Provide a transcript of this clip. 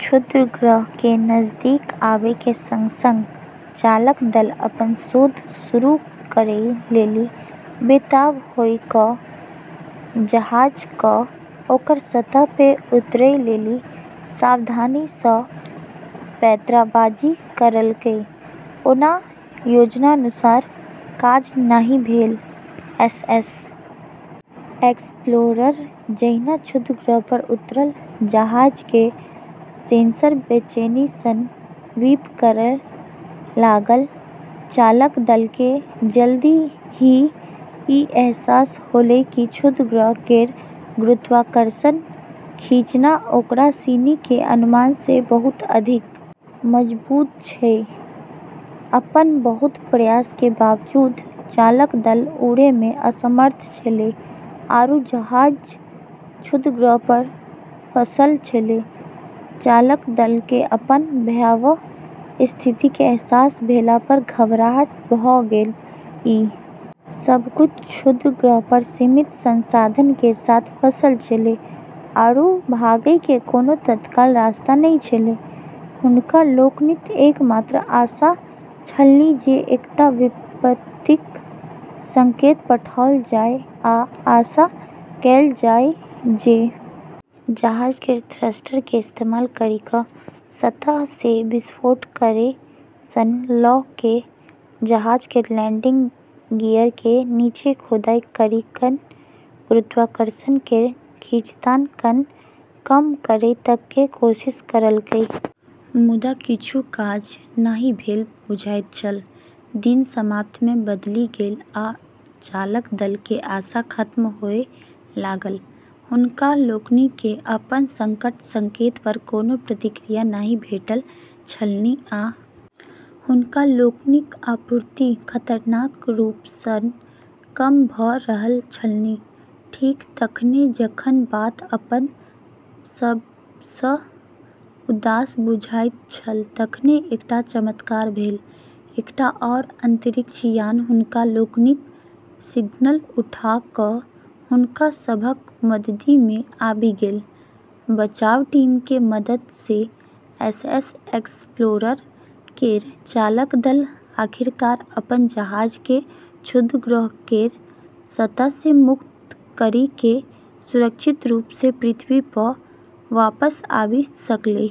क्षुद्रग्रह के नजदीक आबै के संग-संग चालक दल अपनऽ शोध शुरू करै लेली बेताब होय क जहाज क ओकरऽ सतह पे उतरै लेली सावधानी स पैंतराबाजी करलकै, ओना योजनानुसार काज नहि भेल, एसएस एक्सप्लोरर जहिना क्षुद्रग्रह पर उतरल, जहाज के सेंसर बेचैनी सं बीप करय लागल, चालक दल के जल्दी ही ई अहसास होलै कि क्षुद्रग्रह केरऽ गुरुत्वाकर्षण खींचना ओकरा सिनी के अनुमान से बहुत अधिक मजबूत छै, अपनऽ बहुत प्रयास के बावजूद चालक दल उड़ै में असमर्थ छेलै आरू जहाज क्षुद्रग्रह पर फंसलऽ छेलै, चालक दल के अपन भयावह स्थिति के अहसास भेला पर घबराहट भ गेल, ई सब क्षुद्रग्रह पर सीमित संसाधन के साथ फंसलऽ छेलै आरू भागै के कोनो तत्काल रास्ता नै छेलै, हुनका लोकनिक एकमात्र आशा छलनि जे एकटा विपत्तिक संकेत पठाओल जाय आ आशा कयल जाय जे जहाज केरऽ थ्रस्टर के इस्तेमाल करी क सतह से विस्फोट करै सं ल के जहाज केरऽ लैंडिंग गियर के नीचें खुदाई करी कं गुरुत्वाकर्षण केरऽ खींचतान कं कम करै तक के कोशिश करलकै मुदा किछु काज नहि भेल बुझाइत छल, दिन सप्ताह मे बदलि गेल आ चालक दल के आशा खत्म होबय लागल, हुनका लोकनि केँ अपन संकट संकेत पर कोनो प्रतिक्रिया नहि भेटल छलनि आ हुनका लोकनिक आपूर्ति खतरनाक रूप सँ कम भ रहल छलनि, ठीक तखने जखन बात अपन सबसँ उदास बुझाइत छल तखने एकटा चमत्कार भेल, एकटा आओर अंतरिक्ष यान हुनका लोकनिक सिग्नल उठा क' हुनका सभक मददि मे आबि गेल, बचाव टीम के मदद से एसएस एक्सप्लोरर केरऽ चालक दल आखिरकार अपनऽ जहाज के क्षुद्रग्रह केरऽ सतह से मुक्त करी के सुरक्षित रूप से पृथ्वी प वापस आबी सकलै।